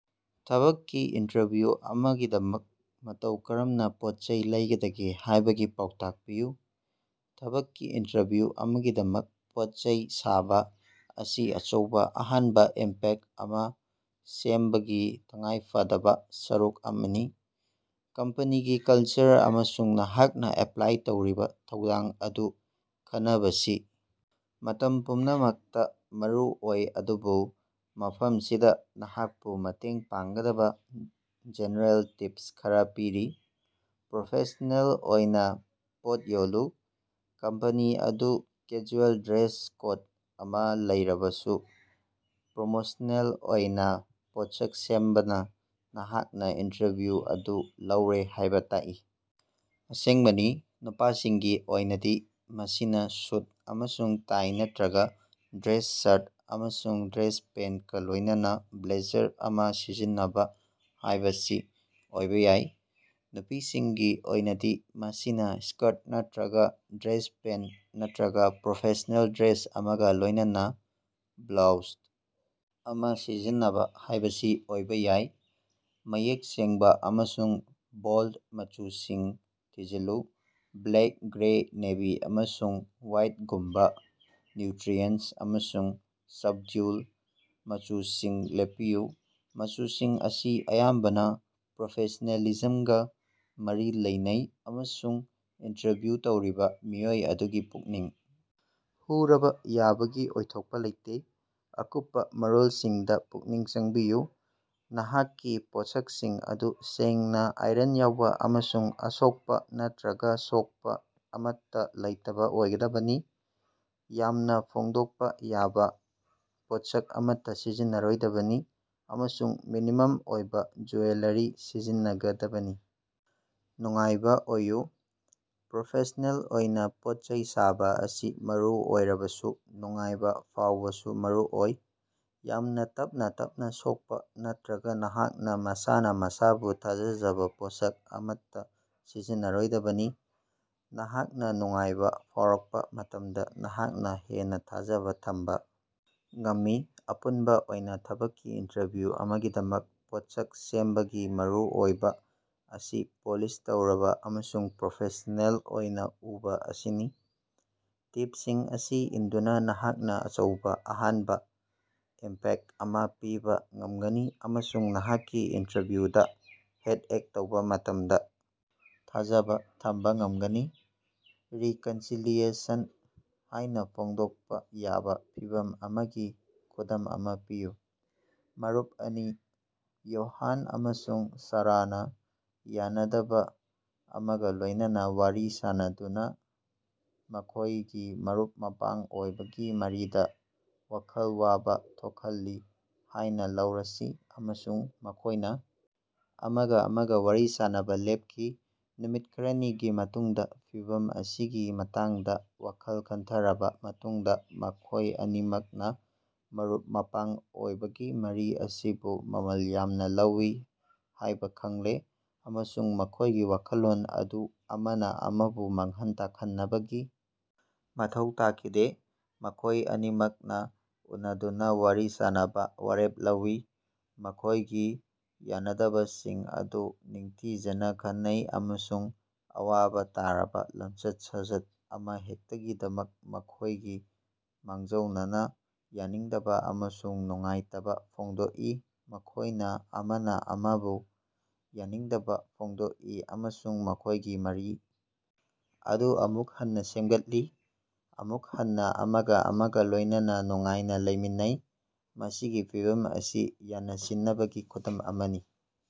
ꯊꯕꯛꯀꯤ ꯏꯟꯇꯔꯚ꯭ꯌꯨ ꯑꯃꯒꯤꯗꯃꯛ ꯃꯇꯧ ꯀꯔꯝꯅ ꯄꯣꯠꯆꯩ ꯂꯩꯒꯗꯒꯦ ꯍꯥꯏꯕꯒꯤ ꯄꯥꯎꯇꯥꯛ ꯄꯤꯌꯨ꯫ ꯊꯕꯛꯀꯤ ꯏꯟꯇꯔꯚ꯭ꯌꯨ ꯑꯃꯒꯤꯗꯃꯛ ꯄꯣꯠꯆꯩ ꯁꯥꯕ ꯑꯁꯤ ꯑꯆꯧꯕ ꯑꯍꯥꯟꯕ ꯏꯝꯄꯦꯛꯇ ꯑꯃ ꯁꯦꯝꯕꯒꯤ ꯇꯉꯥꯏꯐꯗꯕ ꯁꯔꯨꯛ ꯑꯃꯅꯤ꯫ ꯀꯝꯄꯅꯤꯒꯤ ꯀꯜꯆꯔ ꯑꯃꯁꯨꯡ ꯅꯍꯥꯛꯅ ꯑꯦꯄ꯭ꯂꯥꯏ ꯇꯧꯔꯤꯕ ꯊꯧꯗꯥꯡ ꯑꯗꯨ ꯈꯟꯅꯕꯁꯤ ꯃꯇꯝ ꯄꯨꯝꯅꯃꯛꯇ ꯃꯔꯨꯑꯣꯏ ꯑꯗꯨꯕꯨ ꯃꯐꯝꯁꯤꯗ ꯅꯍꯥꯛꯄꯨ ꯃꯇꯦꯡ ꯄꯥꯡꯒꯗꯕ ꯖꯦꯅꯦꯔꯦꯜ ꯇꯤꯞꯁ ꯈꯔ ꯄꯤꯔꯤ: ꯄ꯭ꯔꯣꯐꯦꯁꯅꯦꯜ ꯑꯣꯏꯅ ꯄꯣꯠ ꯌꯣꯜꯂꯨ: ꯀꯝꯄꯅꯤ ꯑꯗꯨꯅ ꯀꯦꯖꯨꯑꯦꯜ ꯗ꯭ꯔꯦꯁ ꯀꯣꯗ ꯑꯃ ꯂꯩꯔꯕꯁꯨ ꯄ꯭ꯔꯣꯐꯦꯁꯅꯦꯜ ꯑꯣꯏꯅ ꯄꯣꯠꯁꯛ ꯁꯦꯝꯕꯅ ꯅꯍꯥꯛꯅ ꯏꯟꯇꯔꯚꯤꯎ ꯑꯗꯨ ꯂꯧꯔꯦ ꯍꯥꯏꯕ ꯇꯥꯛꯏ꯫ ꯑꯁꯦꯡꯕꯅꯤ ꯅꯨꯄꯥꯁꯤꯡꯒꯤ ꯑꯣꯏꯅꯗꯤ ꯃꯁꯤꯅ ꯁꯨꯠ ꯑꯃꯁꯨꯡ ꯇꯥꯏ ꯅꯠꯇ꯭ꯔꯒ ꯗ꯭ꯔꯦꯁ ꯁꯔꯠ ꯑꯃꯁꯨꯡ ꯗ꯭ꯔꯦꯁ ꯄꯦꯟꯇꯀ ꯂꯣꯏꯅꯅ ꯕ꯭ꯂꯦꯖꯔ ꯑꯃ ꯁꯤꯖꯤꯟꯅꯕ ꯍꯥꯏꯕꯁꯤ ꯑꯣꯏꯕ ꯌꯥꯏ꯫ ꯅꯨꯄꯤꯁꯤꯡꯒꯤ ꯑꯣꯏꯅꯗꯤ ꯃꯁꯤꯅ ꯁ꯭ꯀꯔꯠ ꯅꯠꯇ꯭ꯔꯒ ꯗ꯭ꯔꯦꯁ ꯄꯦꯟꯇ ꯅꯠꯇ꯭ꯔꯒ ꯄ꯭ꯔꯣꯐꯦꯁꯅꯦꯜ ꯗ꯭ꯔꯦꯁ ꯑꯃꯒ ꯂꯣꯏꯅꯅ ꯕ꯭ꯂꯣꯎꯖ ꯑꯃ ꯁꯤꯖꯤꯟꯅꯕ ꯍꯥꯏꯕꯁꯤ ꯑꯣꯏꯕ ꯌꯥꯏ꯫ ꯃꯌꯦꯛ ꯁꯦꯡꯕ ꯑꯃꯁꯨꯡ ꯕꯣꯜꯗ ꯃꯆꯨꯁꯤꯡ ꯊꯤꯡꯖꯤꯜꯂꯨ: ꯕ꯭ꯂꯦꯛ, ꯒ꯭ꯔꯦ, ꯅꯦꯚꯤ ꯑꯃꯁꯨꯡ ꯋꯥꯏꯠꯒꯨꯝꯕ ꯅ꯭ꯌꯨꯇ꯭ꯔꯤꯑꯦꯟꯇ ꯑꯃꯁꯨꯡ ꯁꯕꯗ꯭ꯌꯨꯜ ꯃꯆꯨꯁꯤꯡꯗ ꯂꯦꯞꯄꯤꯌꯨ꯫ ꯃꯆꯨꯁꯤꯡ ꯑꯁꯤ ꯑꯌꯥꯝꯕꯅ ꯄ꯭ꯔꯣꯐꯦꯁ꯭ꯅꯦꯂꯤꯖꯝꯒ ꯃꯔꯤ ꯂꯩꯅꯩ ꯑꯃꯁꯨꯡ ꯏꯟꯇꯔꯚ꯭ꯌꯨ ꯇꯧꯔꯤꯕ ꯃꯤꯑꯣꯏ ꯑꯗꯨꯒꯤ ꯄꯨꯛꯅꯤꯡ ꯍꯨꯔꯕ ꯌꯥꯕꯒꯤ ꯑꯣꯏꯊꯣꯛꯄ ꯂꯩꯇꯦ꯫ ꯑꯀꯨꯞꯄ ꯃꯔꯣꯜꯁꯤꯡꯗ ꯄꯨꯛꯅꯤꯡ ꯆꯪꯕꯤꯌꯨ: ꯅꯍꯥꯛꯀꯤ ꯄꯣꯠꯁꯛꯁꯤꯡ ꯑꯗꯨ ꯁꯦꯡꯅ, ꯑꯥꯏꯔꯟ ꯌꯥꯎꯕ ꯑꯃꯁꯨꯡ ꯑꯁꯣꯛꯄ ꯅꯠꯇ꯭ꯔꯒ ꯁꯣꯛꯄ ꯑꯃꯠꯇ ꯂꯩꯇꯕ ꯑꯣꯏꯍꯟꯒꯗꯕꯅꯤ꯫ ꯌꯥꯝꯅ ꯐꯣꯡꯗꯣꯛꯄ ꯌꯥꯕ ꯄꯣꯠꯁꯛ ꯑꯃꯠꯇ ꯁꯤꯖꯤꯟꯅꯔꯣꯏꯗꯕꯅꯤ ꯑꯃꯁꯨꯡ ꯃꯤꯅꯤꯃꯝ ꯑꯣꯏꯕ ꯖꯨꯌꯦꯂꯥꯔꯤ ꯁꯤꯖꯤꯟꯅ ꯒꯗꯕꯅꯤ꯫ ꯅꯨꯡꯉꯥꯏꯕ ꯑꯣꯏꯌꯨ: ꯄ꯭ꯔꯣꯐꯦꯁ꯭ꯅꯦꯜ ꯑꯣꯏꯅ ꯄꯣꯠꯆꯩ ꯁꯥꯕ ꯑꯁꯤ ꯃꯔꯨ ꯑꯣꯏꯔꯕꯁꯨ ꯅꯨꯡꯉꯥꯏꯕ ꯐꯥꯎꯕꯁꯨ ꯃꯔꯨ ꯑꯣꯏ꯫ ꯌꯥꯝꯅ ꯇꯞꯅ ꯇꯞꯅ ꯁꯣꯛꯄ ꯅꯠꯇ꯭ꯔꯒ ꯅꯍꯥꯛꯅ ꯃꯁꯥꯅ ꯃꯁꯥꯕꯨ ꯊꯥꯖꯖꯕ ꯄꯣꯠꯁꯛ ꯑꯃꯠꯇ ꯁꯤꯖꯤꯟꯅꯔꯣꯏꯗꯕꯅꯤ꯫ ꯅꯍꯥꯛꯅ ꯅꯨꯡꯉꯥꯏꯕ ꯐꯥꯎꯔꯛꯄ ꯃꯇꯝꯗ ꯅꯍꯥꯛꯅ ꯍꯦꯟꯅ ꯊꯥꯖꯕ ꯊꯝꯕ ꯉꯝꯃꯤ꯫ ꯑꯄꯨꯟꯕ ꯑꯣꯏꯅ, ꯊꯕꯛꯀꯤ ꯏꯟꯇꯔꯚ꯭ꯌꯨ ꯑꯃꯒꯤꯗꯃꯛ ꯄꯣꯠꯁꯛ ꯁꯦꯝꯕꯒꯤ ꯃꯔꯨꯑꯣꯏꯕ ꯑꯁꯤ ꯄꯣꯂꯤꯁ ꯇꯧꯔꯕ ꯑꯃꯁꯨꯡ ꯄ꯭ꯔꯣꯐꯦꯁ꯭ꯅꯦꯜ ꯑꯣꯏꯅ ꯎꯕ ꯑꯁꯤꯅꯤ꯫ ꯇꯤꯞꯁꯤꯡ ꯑꯁꯤ ꯏꯟꯗꯨꯅ ꯅꯍꯥꯛꯅ ꯑꯆꯧꯕ ꯑꯍꯥꯟꯕ ꯏꯝꯄꯦꯛꯇ ꯑꯃ ꯄꯤꯕ ꯉꯝꯒꯅꯤ ꯑꯃꯁꯨꯡ ꯅꯍꯥꯛꯀꯤ ꯏꯟꯇꯔꯚ꯭ꯌꯨꯗ ꯍꯦꯗ-ꯑꯦꯛ ꯇꯧꯕ ꯃꯇꯝꯗ ꯊꯥꯖꯕ ꯊꯝꯕ ꯉꯝꯒꯅꯤ꯫ "ꯔꯤꯀꯟꯁꯤꯂꯤꯌꯦꯁꯟ" ꯍꯥꯏꯅ ꯐꯣꯡꯗꯣꯛꯄ ꯌꯥꯕ ꯐꯤꯚꯝ ꯑꯃꯒꯤ ꯈꯨꯗꯝ ꯑꯃ ꯄꯤꯌꯨ꯫ ꯃꯔꯨꯞ ꯑꯅꯤ, ꯌꯣꯍꯥꯟ ꯑꯃꯁꯨꯡ ꯁꯥꯔꯥꯅꯥ ꯌꯥꯅꯗꯕ ꯑꯃꯒ ꯂꯣꯏꯅꯅ ꯋꯥꯔꯤ ꯁꯥꯅꯗꯨꯅ ꯃꯈꯣꯏꯒꯤ ꯃꯔꯨꯞ-ꯃꯄꯥꯡ ꯑꯣꯏꯕꯒꯤ ꯃꯔꯤꯗ ꯋꯥꯈꯜ ꯋꯥꯕ ꯊꯣꯛꯍꯜꯂꯤ ꯍꯥꯏꯅ ꯂꯧꯔꯁꯤ ꯑꯃꯁꯨꯡ ꯃꯈꯣꯏꯅ ꯑꯃꯒ ꯑꯃꯒ ꯋꯥꯔꯤ ꯁꯥꯅꯕ ꯂꯦꯞꯈꯤ꯫ ꯅꯨꯃꯤꯠ ꯈꯔꯅꯤꯒꯤ ꯃꯇꯨꯡꯗ ꯐꯤꯚꯝ ꯑꯁꯤꯒꯤ ꯃꯇꯥꯡꯗ ꯋꯥꯈꯜ ꯈꯟꯊꯔꯕ ꯃꯇꯨꯡꯗ ꯃꯈꯣꯏ ꯑꯅꯤꯃꯛꯅ ꯃꯔꯨꯞ-ꯃꯄꯥꯡ ꯑꯣꯏꯕꯒꯤ ꯃꯔꯤ ꯑꯁꯤꯕꯨ ꯃꯃꯜ ꯌꯥꯝꯅ ꯂꯧꯏ ꯍꯥꯏꯕ ꯈꯪꯂꯦ ꯑꯃꯁꯨꯡ ꯃꯈꯣꯏꯒꯤ ꯋꯥꯈꯜꯂꯣꯟ ꯑꯗꯨ ꯑꯃꯅ ꯑꯃꯕꯨ ꯃꯥꯡꯍꯟ ꯇꯥꯛꯍꯟꯅꯕꯒꯤ ꯃꯊꯧ ꯇꯥꯈꯤꯗꯦ꯫ ꯃꯈꯣꯏ ꯑꯅꯤꯃꯛꯅ ꯎꯅꯗꯨꯅ ꯋꯥꯔꯤ ꯁꯥꯟꯅꯕ ꯋꯥꯔꯦꯞ ꯂꯧꯏ꯫ ꯃꯈꯣꯏꯒꯤ ꯌꯥꯅꯗꯕꯁꯤꯡ ꯑꯗꯨ ꯅꯤꯡꯊꯤꯖꯅ ꯈꯟꯅꯩ ꯑꯃꯁꯨꯡ ꯑꯋꯥꯕ ꯇꯥꯔꯕ ꯂꯝꯆꯠ-ꯁꯥꯖꯠ ꯑꯃꯍꯦꯛꯇꯒꯤꯗꯃꯛ ꯃꯈꯣꯏꯒꯤ ꯃꯥꯡꯖꯧꯅꯅ ꯌꯥꯅꯤꯡꯗꯕ ꯑꯃꯁꯨꯡ ꯅꯨꯡꯉꯥꯏꯇꯕ ꯐꯣꯡꯗꯣꯛꯏ꯫ ꯃꯈꯣꯏꯅ ꯑꯃꯅ ꯑꯃꯕꯨ ꯌꯥꯅꯤꯡꯗꯕ ꯐꯣꯡꯗꯣꯛꯏ ꯑꯃꯁꯨꯡ ꯃꯈꯣꯏꯒꯤ ꯃꯔꯤ ꯑꯗꯨ ꯑꯃꯨꯛ ꯍꯟꯅ ꯁꯦꯝꯒꯠꯂꯤ꯫ ꯑꯃꯨꯛ ꯍꯟꯅ ꯑꯃꯒ ꯑꯃꯒ ꯂꯣꯏꯅꯅ ꯅꯨꯡꯉꯥꯏꯅ ꯂꯩꯃꯤꯟꯅꯩ꯫ ꯃꯁꯤꯒꯤ ꯐꯤꯚꯝ ꯑꯁꯤ ꯌꯥꯅꯁꯤꯟꯅꯕꯒꯤ ꯈꯨꯗꯝ ꯑꯃꯅꯤ꯫